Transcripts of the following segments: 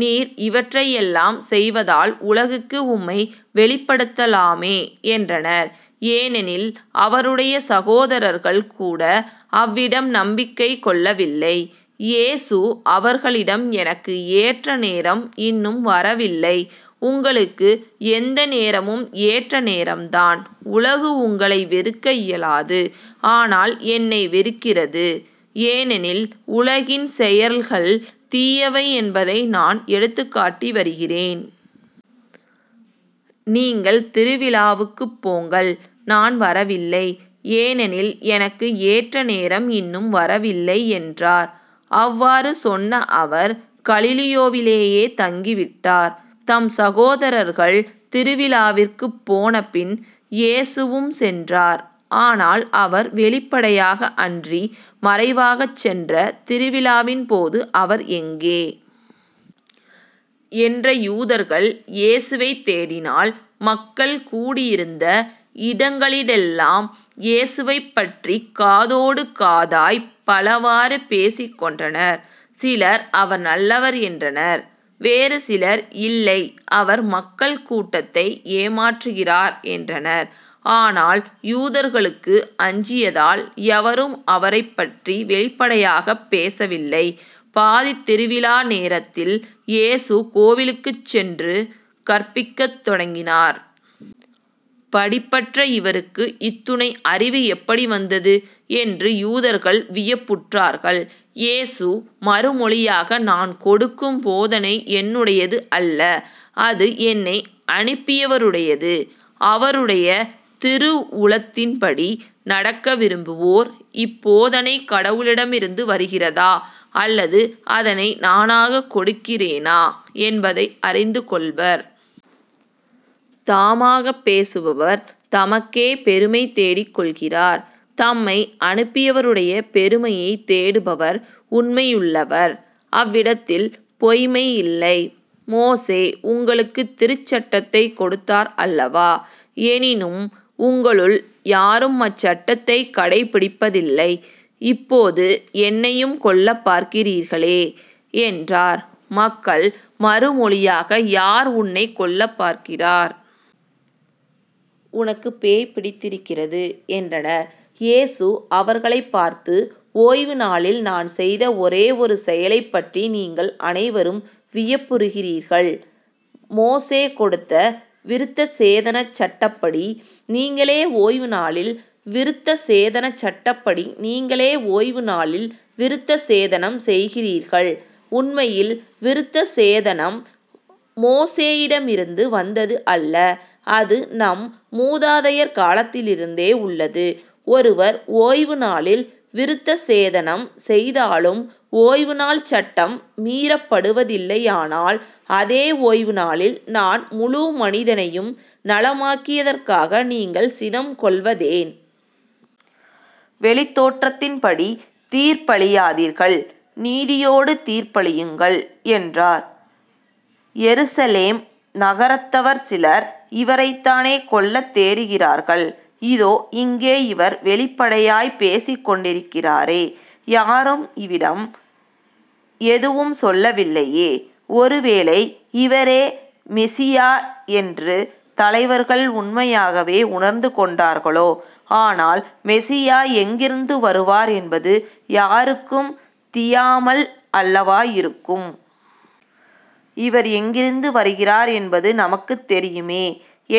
நீர் இவற்றையெல்லாம் செய்வதால் உலகுக்கு உம்மை வெளிப்படுத்தலாமே என்றனர். ஏனெனில் அவருடைய சகோதரர்கள் கூட அவ்விடம் நம்பிக்கை கொள்ளவில்லை. இயேசு அவர்களிடம் எனக்கு ஏற்ற நேரம் இன்னும் வரவில்லை உங்களுக்கு எந்த நேரமும் ஏற்ற நேரம்தான். உலகு உங்களை வெறுக்க இயலாது ஆனால் என்னை வெறுக்கிறது. ஏனெனில் உலகின் செயல்கள் தீயவை என்பதை நான் எடுத்துக்காட்டி வருகிறேன். நீங்கள் திருவிழாவுக்குப் போங்கள் நான் வரவில்லை. ஏனெனில் எனக்கு ஏற்ற நேரம் இன்னும் வரவில்லை என்றார். அவ்வாறு சொன்ன அவர் கலிலியோவிலேயே தங்கி விட்டார். தம் சகோதரர்கள் திருவிழாவிற்குப் போனபின் இயேசுவும் சென்றார். ஆனால் அவர் வெளிப்படையாக அன்றி மறைவாகச் சென்ற திருவிழாவின்போது அவர் எங்கே? என்ற யூதர்கள் இயேசுவைத் தேடினாள். மக்கள் கூடியிருந்த இடங்களிடலெல்லாம் இயேசுவைப்பற்றிக்காதோடு காதாய்ப் பலவாறு பேசிக் கொண்டனர். சிலர் அவர் நல்லவர் என்றனர். வேறு சிலர் இல்லை அவர் மக்கள் கூட்டத்தை ஏமாற்றுகிறார் என்றனர். ஆனால் யூதர்களுக்கு அஞ்சியதால் எவரும் அவரைப் பற்றி வெளிப்படையாகப் பேசவில்லை. பாதித் திருவிழா நேரத்தில் இயேசு கோவிலுக்குச் சென்று கற்பிக்கத் தொடங்கினார். படிப்பற்ற இவருக்கு இத்துணை அறிவு எப்படி வந்தது? என்று யூதர்கள் வியப்புற்றார்கள். இயேசு மறுமொழியாக நான் கொடுக்கும் போதனை என்னுடையது அல்ல அது என்னை அனுப்பியவருடையது. அவருடைய திருவுளத்தின்படி நடக்க விரும்புவோர் இப்போதனை கடவுளிடமிருந்து வருகிறதா? அல்லது அதனை நானாகக் கொடுக்கிறேனா என்பதை அறிந்து கொள்வர். தாமாகப் பேசுபவர் தமக்கே பெருமை தேடிக்கொள்கிறார். தம்மை அனுப்பியவருடைய பெருமையைத் தேடுபவர் உண்மையுள்ளவர் அவ்விடத்தில் பொய்ம்மை இல்லை. மோசே உங்களுக்குத் திருச்சட்டத்தைக் கொடுத்தார் அல்லவா? எனினும் உங்களுள் யாரும் அச்சட்டத்தைக் கடைப்பிடிப்பதில்லை. இப்போது என்னையும் கொல்லப்பார்க்கிறீர்களே என்றார். மக்கள் மறுமொழியாக யார் உன்னைக் கொல்லப் பார்க்கிறார்? உனக்குப் பேய் பிடித்திருக்கிறது என்றனர். இயேசு அவர்களைப் பார்த்து ஓய்வுநாளில் நான் செய்த ஒரே ஒரு செயலைப் பற்றி நீங்கள் அனைவரும் வியப்புறுகிறீர்கள். மோசே கொடுத்த விருத்தசேதனச் சட்டப்படி நீங்களே ஓய்வுநாளில் விருத்தசேதனச் சட்டப்படி நீங்களே ஓய்வு நாளில் விருத்தசேதனம் செய்கிறீர்கள். உண்மையில் விருத்தசேதனம் மோசேயிடமிருந்து வந்தது அல்ல அது நம் மூதாதையர் காலத்திலிருந்தே உள்ளது ஒருவர் ஓய்வு நாளில் விருத்தசேதனம் செய்தாலும் ஓய்வு நாள் சட்டம் மீறப்படுவதில்லையானால் அதே ஓய்வுநாளில் நான் முழு மனிதனையும் நலமாக்கியதற்காக நீங்கள் சினம் கொள்வதேன்? வெளித்தோற்றத்தின்படி தீர்ப்பளியாதீர்கள். நீதியோடு தீர்ப்பளியுங்கள் என்றார். எருசலேம் நகரத்தவர் சிலர் இவரைத்தானே கொல்லத் தேடுகிறார்கள்? இதோ. இங்கே இவர் வெளிப்படையாய்ப் பேசிக்கொண்டிருக்கிறாரே. யாரும் இவிடம் எதுவும் சொல்லவில்லையே. ஒருவேளை இவரே மெசியா என்று தலைவர்கள் உண்மையாகவே உணர்ந்துகொண்டார்களோ? ஆனால் மெசியா எங்கிருந்து வருவார் என்பது யாருக்கும் தியாமல் அல்லவா இருக்கும். இவர் எங்கிருந்து வருகிறார் என்பது நமக்குத் தெரியுமே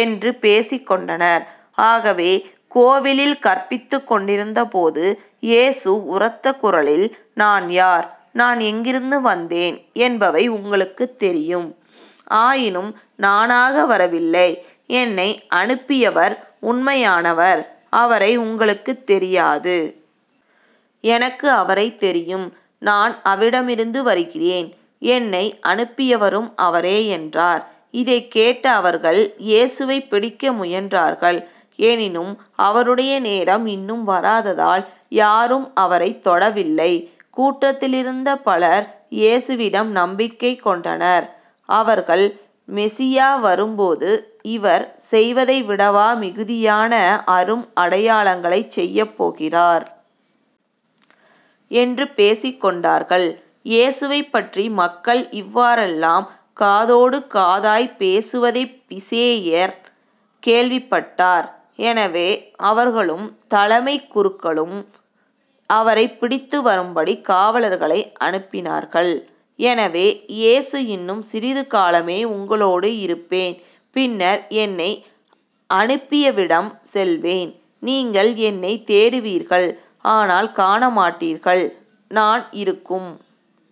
என்று பேசிக் கொண்டனர். ஆகவே கோவிலில் கற்பித்துக் கொண்டிருந்தபோது இயேசு உரத்த குரலில் நான் யார்? நான் எங்கிருந்து வந்தேன் என்பவை உங்களுக்குத் தெரியும். ஆயினும் நானாக வரவில்லை. என்னை அனுப்பியவர் உண்மையானவர். அவரை உங்களுக்குத் தெரியாது. எனக்கு அவரைத் தெரியும். நான் அவிடமிருந்து வருகிறேன். என்னை அனுப்பியவரும் அவரே என்றார். இதைக் கேட்ட அவர்கள் இயேசுவைப் பிடிக்க முயன்றார்கள். எனினும் அவருடைய நேரம் இன்னும் வராததால் யாரும் அவரைத் தொடவில்லை. கூட்டத்திலிருந்த பலர் இயேசுவிடம் நம்பிக்கை கொண்டனர். அவர்கள் மெசியா வரும்போது இவர் செய்வதைவிடவா மிகுதியான அரும் அடையாளங்களைச் செய்யப் போகிறார்? என்று பேசிக்கொண்டார்கள். இயேசுவைப்பற்றி மக்கள் இவ்வாறெல்லாம் காதோடு காதாய்ப் பேசுவதைப் பிசேயர் கேள்விப்பட்டார். எனவே அவர்களும் தலைமைக் குருக்களும் அவரைப் பிடித்து வரும்படி காவலர்களை அனுப்பினார்கள். எனவே இயேசு இன்னும் சிறிது காலமே உங்களோடு இருப்பேன் பின்னர் என்னை அனுப்பியவிடம் செல்வேன். நீங்கள் என்னைத் தேடுவீர்கள் ஆனால் காணமாட்டீர்கள். நான் இருக்கும்